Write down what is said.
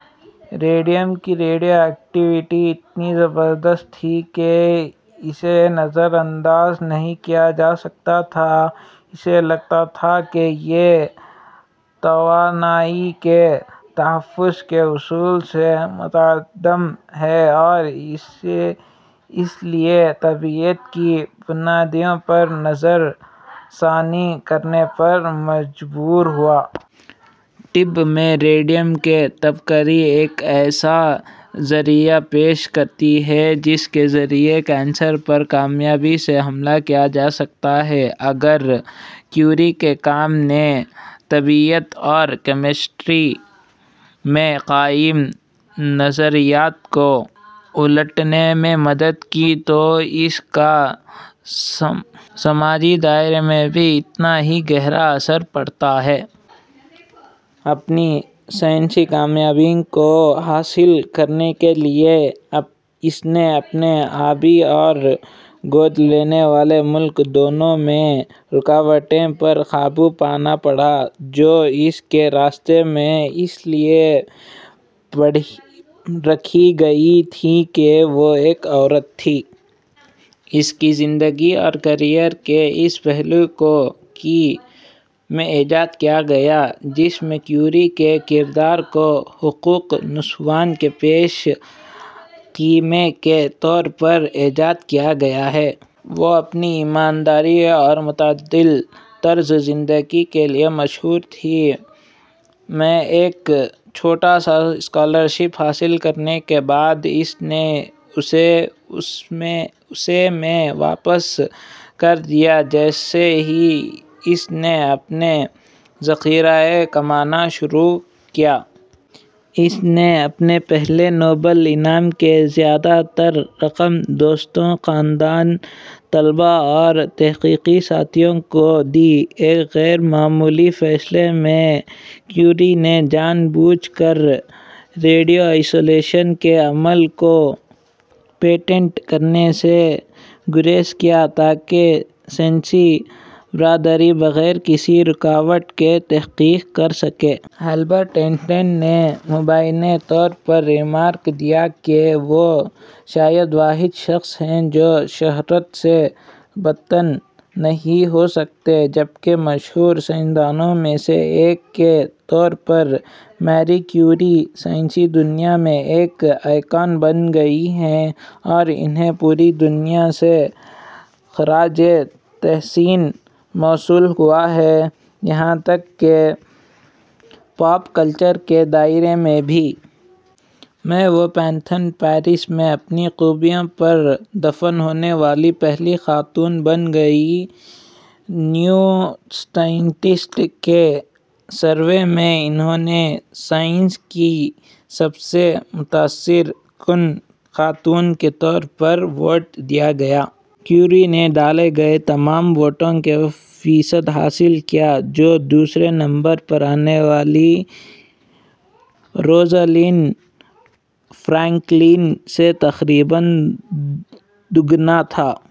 Redeem کی radioactivity اتنی زبردست تھی کہ اسے نظر انداز نہیں کیا جا سکتا تھا۔ ایسا لگتا تھا کہ یہ توانائی کے تحفظ کے اصول سے متصادم ہے اور اس لیے طبیعیات کی بنیادوں پر نظر ثانی کرنے پر مجبور ہوا۔ طب میں، ریڈیم کی تابکاری ایک ایسا ذریعہ پیش کرتی ہے جس کے ذریعے کینسر پر کامیابی سے حملہ کیا جا سکتا ہے۔ اگر کیوری کے کام نے طبیعیات اور کیمسٹری میں قائم نظریات کو الٹنے میں مدد کی، تو اس کا سماجی دائرے میں بھی اتنا ہی گہرا اثر پڑا ہے۔ اپنی سائنسی کامیابیوں کو حاصل کرنے کے لیے، اسے اپنے آبائی اور گود لینے والے ملک دونوں میں رکاوٹوں پر قابو پانا پڑا، جو اس کے راستے میں اس لیے رکھی گئی تھیں کہ وہ ایک عورت تھی۔ اس کی زندگی اور کیریئر کے اس پہلو کو کی: میں اجاگر کیا گیا ہے، جس میں کیوری کے کردار کو حقوق نسواں کے پیش خیمہ کے طور پر اجاگر کیا گیا ہے۔ وہ اپنی ایمانداری اور معتدل طرز زندگی کے لیے مشہور تھیں۔ میں ایک چھوٹا سا اسکالرشپ حاصل کرنے کے بعد، اس نے اسے میں واپس کر دیا جیسے ہی اس نے اپنا ذخیرہ کمانا شروع کیا۔ اس نے اپنے پہلے نوبل انعام کی زیادہ تر رقم دوستوں، خاندان، طلبہ اور تحقیقی ساتھیوں کو دی۔ ایک غیر معمولی فیصلے میں، کیوری نے جان بوجھ کر ریڈیم آئسولیشن کے عمل کو پیٹنٹ کرنے سے گریز کیا تاکہ سائنسی برادری بغیر کسی رکاوٹ کے تحقیق کر سکے۔ البرٹ آئن سٹائن نے مبینہ طور پر ریمارکس دیے کہ وہ شاید واحد شخص ہیں جو شہرت سے بدظن نہیں ہو سکتے۔ سب سے مشہور سائنسدانوں میں سے ایک کے طور پر، میری کیوری سائنسی دنیا میں ایک آئیکن بن گئی ہیں اور انھیں پوری دنیا سے خراج تحسین موصول ہوا ہے، یہاں تک کہ پاپ کلچر کے دائرے میں بھی۔ میں، وہ پینتھیون، پیرس میں اپنی خوبیوں پر دفن ہونے والی پہلی خاتون بن گئیں۔ نیو سائنٹسٹ کے کے سروے میں، انھیں "سائنس کی سب سے متاثر کن خاتون" کے طور پر ووٹ دیا گیا۔ کیوری نے ڈالے گئے تمام ووٹوں کا فیصد حاصل کیا، جو دوسرے نمبر پر آنے والے روزلینڈ فرینکلن سے تقریباً دگنا تھا۔